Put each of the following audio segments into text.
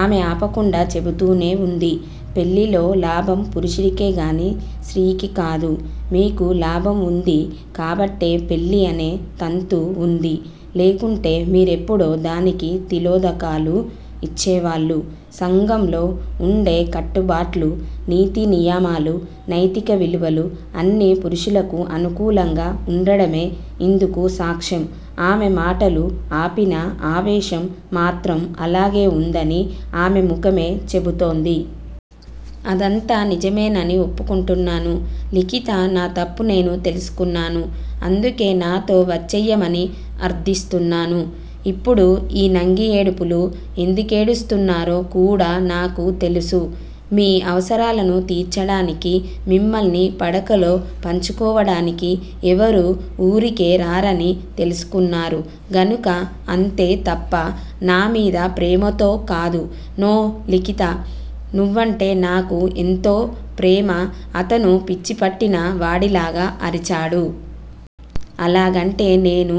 ఆమె ఆపకుండా చెబుతూనే వుంది పెళ్ళిలో లాభం పురుషుడికే గానీ స్త్రీకి కాదు. మీకు లాభం వుంది కాబట్టే పెళ్ళి అనే తంతు వుంది. లేకుంటే మీరెప్పుడో దానికి తిలోదకాలు ఇచ్చేవాళ్ళు సంఘంలో వుండే కట్టుబాట్లు, నీతి నియమాలు, నైతిక విలువలు- అన్నీ పురుషులకు అనుకూలంగా వుండడమే ఇందుకు సాక్ష్యం ఆమె మాటలు ఆపినా ఆవేశం మాత్రం అలాగే వుందని ఆమె ముఖమే చెబుతోంది. అదంతా నిజమేనని ఒప్పుకుంటున్నాను లిఖితా నా తప్పు నేను తెలుసుకున్నాను. అందుకే నాతో వచ్చెయ్యమని అర్దిస్తున్నాను ఇప్పుడు ఈ నంగి ఏడుపులు ఎందుకేడుస్తున్నారో కూడా నాకు తెలుసు. మీ అవసరాలను తీర్చడానికి మిమ్మల్ని పడకలో పంచుకోవడానికి ఎవరూ వూరికే రారని తెలుసుకున్నారు గనుక అంతే తప్ప నా మీద ప్రేమతో కాదు నో లిఖితా నువ్వంటే నాకు ఎంతో ప్రేమ అతను పిచ్చి పట్టిన వాడిలాగా అరిచాడు. అలాగంటే నేను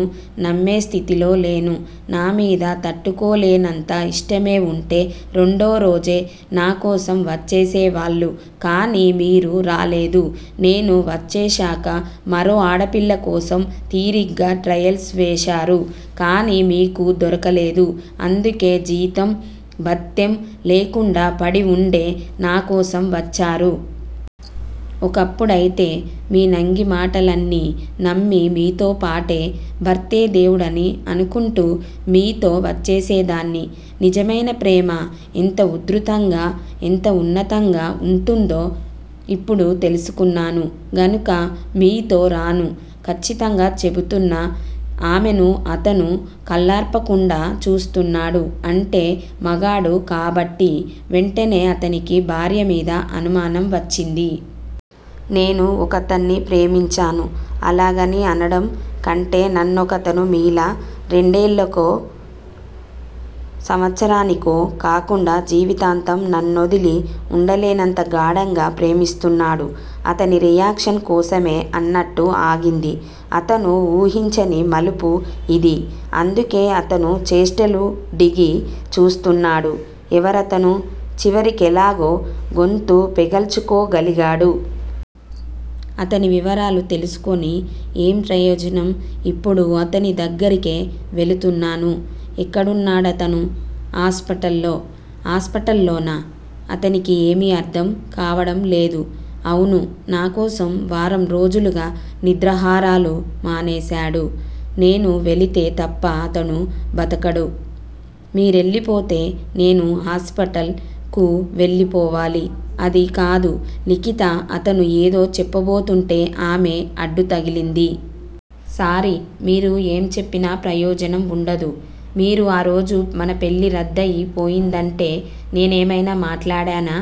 నమ్మే స్థితిలో లేను. నామీద తట్టుకోలేనంత ఇష్టమే వుంటే రెండోరోజే నా కోసం వచ్చేసే వాళ్ళు కానీ మీరు రాలేదు. నేను వచ్చేశాక మరో ఆడపిల్ల కోసం తీరిగ్గా ట్రయల్స్ వేశారు. కానీ మీకు దొరకలేదు. అందుకే జీతం, బత్తెం లేకుండా పడివుండే నా కోసం వచ్చారు. ఒకప్పుడైతే మీ నంగి మాటలన్నీ నమ్మి మీతోపాటే, భర్తే దేవుడని అనుకుంటూ మీతో వచ్చేసేదాన్ని. నిజమైన ప్రేమ ఎంత ఉధృతంగా, ఎంత ఉన్నతంగా వుంటుందో ఇప్పుడు తెలుసుకున్నాను గనుక మీతో రాను ఖచ్చితంగా చెబుతున్న ఆమెను అతను కళ్ళార్పకుండా చూస్తున్నాడు. అంటే? మగాడు కాబట్టి వెంటనే అతనికి భార్యమీద అనుమానం వచ్చింది. నేను ఒకతన్ని ప్రేమించాను. అలాగని అనడం కంటే నన్నొకతను మీలా రెండేళ్ళకో, సంవత్సరానికో కాకుండా జీవితాంతం నన్నొదిలి వుండలేనంత గాఢంగా ప్రేమిస్తున్నాడు అతని రియాక్షన్ కోసమే అన్నట్టు ఆగింది. అతను వూహించని మలుపు ఇది. అందుకే అతను చేష్టలుడిగి చూస్తున్నాడు. ఎవరతను? చివరికెలాగో గొంతు పెగల్చుకోగలిగాడు. అతని వివరాలు తెలుసుకొని ఏం ప్రయోజనం? ఇప్పుడు అతని దగ్గరికే వెళుతున్నాను ఎక్కడున్నాడతను? హాస్పిటల్ లో హాస్పిటల్ లోనా? అతనికి ఏమీ అర్ధం కావడం లేదు. అవును- నాకోసం వారం రోజులుగా నిద్రాహారాలు మానేశాడు. నేను వెళితే తప్ప అతను బతకడు. మీరెళ్ళిపోతే నేను హాస్పిటల్ కు వెళ్ళిపోవాలి అది కాదు లిఖితా అతను ఏదో చెప్పబోతుంటే ఆమె అడ్డు తగిలింది. సారీ- మీరు ఏం చెప్పినా ప్రయోజనం వుండదు. మీరు ఆ రోజు మన పెళ్ళి రద్దయి పోయిందంటే నేనేమైనా మాట్లాడానా?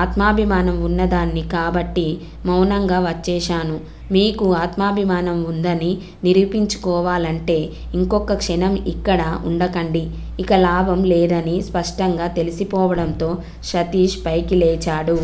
ఆత్మాభిమానం వున్న దాన్ని కాబట్టి మౌనంగా వచ్చేశాను. మీకూ ఆత్మాభిమానం వుందని నిరూపించుకోవాలంటే ఇంకొక్క క్షణం ఇక్కడ వుండకండి ఇక లాభం లేదని స్పష్టంగా తెలిసిపోవడంతో సతీష్ పైకి లేచాడు.